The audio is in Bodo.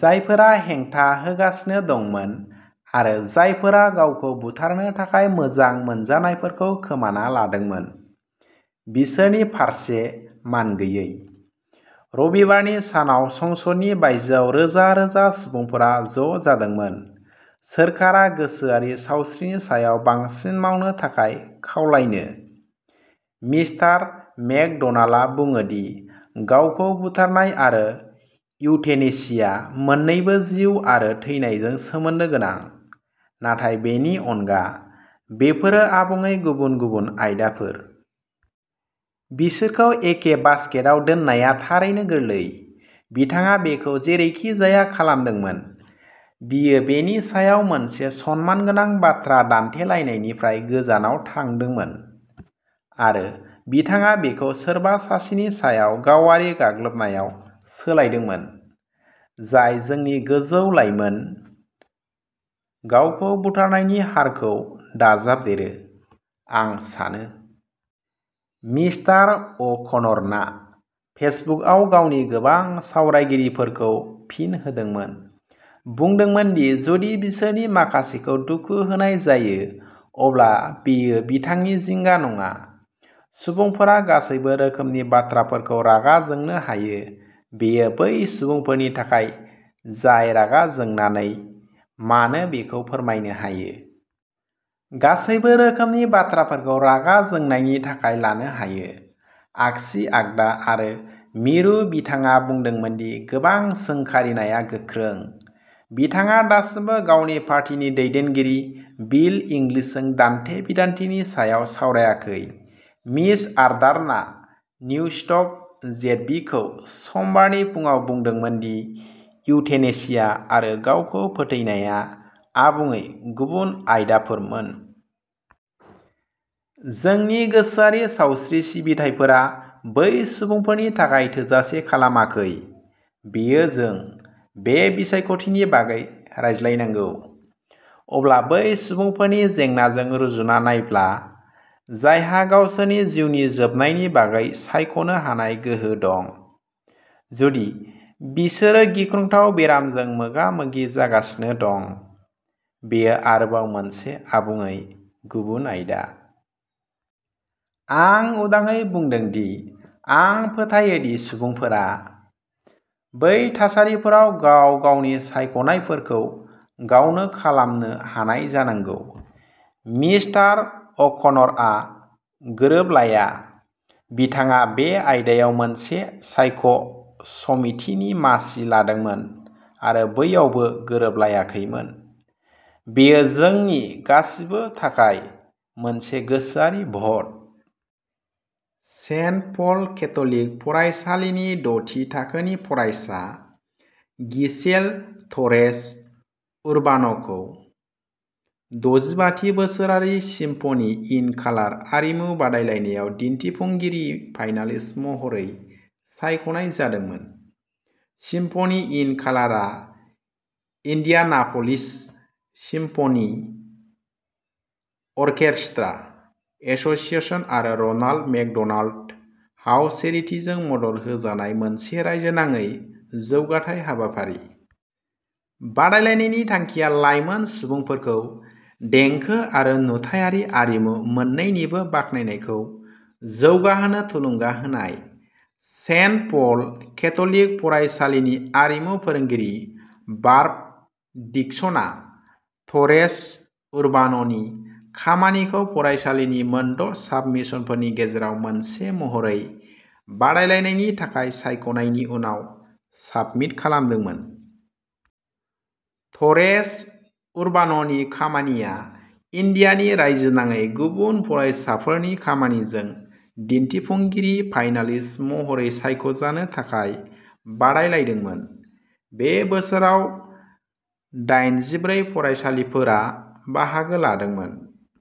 जायफोरा हेंथा होगासिनो दंमोन आरो जायफोरा गावखौ बुथारनो थाखाय मोजां मोनजानायफोरखौ खोमाना लादोंमोन, बिसोरनि फारसे मानगैयै। रबिबारनि सानाव संसदनि बायजोआव रोजा रोजा सुबुंफोरा ज'जादोंमोन, सोरखारा गोसोआरि सावस्रिनि सायाव बांसिन मावनो थाखाय खावलायनो। मिस्टार मेकड'नाल्डआ बुङो दि गावखौ बुथारनाय आरो इउथेनेसिया मोन्नैबो जिउ आरो थैनाय जों सोमोन्दो गोनां, नाथाय बेनि अनगा, बेफोरो आबुङै गुबुन गुबुन आयदाफोर। बिसोरखौ एखे बास्केटआव दोननाया थारैनो गोरलै। बिथाङा बेखौ जेरैखिजाया खालामदोंमोन, बियो बेनि सायाव मोनसे सनमानगोनां बाथ्रा दान्थेलायनायनिफ्राय गोजानाव थांदोंमोन, आरो बिथाङा बेखौ सोरबा सासेनि सायाव गावारि गाग्लोबनायाव सोलायदोंमोन। जाय जोंनि गोजौ लाइमोन गावखौ बुथारनायनि हारखौ दाजाबदेरो, आं सानो। मिस्टार अ'कन'रना फेसबुकआव गावनि गोबां सावरायगिरिफोरखौ फिन होदोंमोन, बुंदोंमोन दि जुदि बिसोरनि माखासेखौ दुखु होनाय जायो अब्ला बेयो बिथांनि जिंगा नङा। सुबुंफोरा गासैबो रोखोमनि बाथ्राफोरखौ रागा जोंनो हायो बेयो बै सुबुंफोरनि थाखाय जाय रागा जोंनानै मानो बेखौ फोरमायनो हायो। गासैबो रोखोमनि बाथ्राफोरखौ रागा जोंनायनि थाखाय लानो हायो, आगसि आगदा आरो मिरु बिथाङा बुंदोंमोन दि गोबां सोंखारिनाया गोख्रों। बिथाङा दासिमबो गावनि पार्टीनि दैदेनगिरि बिल इंग्लिशजों दान्थे-बिदान्थेनि सायाव सावरायाखै। मिस आर्डार्ना निउस्टक जेडबिखौ समबारनि फुंआव बुंदोंमोन दि इउथेनेसिया आरो गावखौ फोथैनाया आबुङै गुबुन आयदाफोर मोन। जोंनि गोसोआरि सावस्रि सिबिथाइफोरा बै सुबुंफोरनि थाखाय थोजासे खालामाखै, बेयो जों बे बिसायख'थिनि बागै रायज्लायनांगौ। अब्ला बै सुबुंफोरनि जेंनाजों रुजुना नायब्ला, जायहा गावसोरनि जिउनि जोबनायनि बागै सायख'नो हानाय गोहो दं, जुदि बिसोरो गिख्रंथाव बेरामजों मोगा-मोगि जागासिनो दं, बेयो आरोबाव मोनसे आबुङै गुबुन आयदा। आं उदाङै बुंदों दि आं फोथायो दि सुबुंफोरा। बै थासारिफोराव गाव गावनि सायख'नायफोरखौ गावनो खालामनो हानाय जानांगौ। मिस्टार अ'कन'रआ गोरोबलाया, बिथाङा बे आयदायाव मोनसे सायख' समितिनि मासि लादोंमोन आरो बैयावबो गोरोबलायाखैमोन। बेयो जोंनि गासिबो थाखाय मोनसे गोसोआरि भट। सेन्ट पल केथ'लिक फरायसालिनि द'थि थाखोनि फरायसा गिसेल ट'रेस-उर्बान'खौ दजिबा थि बोसोरारि सिम्फ'नि इन कालार आरिमु बादायलायनायाव दिन्थिफुंगिरि फाइनालिस्ट महरै सायख'नाय जादोंमोन। सिम्फ'नि इन कालारआ इन्डियानाप'लिस सिम्फ'नि अर्केस्ट्रा एस'सिएशन आरो र'नाल्ड मेकड'नाल्ड हाउस चेरिटिजजों मदद होजानाय मोनसे रायजोनाङै जौगाथाय हाबाफारि। बादायलायनायनि थांखिया लाइमोन सुबुंफोरखौ देंखो आरो नुथायारि आरिमु मोन्नैनिबो बाखनायनायखौ जौगाहोनो थुलुंगा होनाय। सेन्ट पल केथ'लिक फरायसालिनि आरिमु फोरोंगिरि बार्ब डिक्सना ट'रेस-उर्बान'नि खामानिखौ फरायसालिनि मोनद' साबमिशनफोरनि गेजेराव मोनसे महरै बादायलायनायनि थाखाय सायख'नायनि उनाव साबमिट खालामदोंमोन। ट'रेस-उर्बान'नि खामानिया इन्डियानि रायजोनाङै गुबुन फरायसाफोरनि खामानिजों दिन्थिफुंगिरि फाइनालिस्ट महरै सायख'जानो थाखाय बादायलायदोंमोन। बे बोसोराव दायेनजिब्रै फरायसालिफोरा बाहागो लादोंमोन।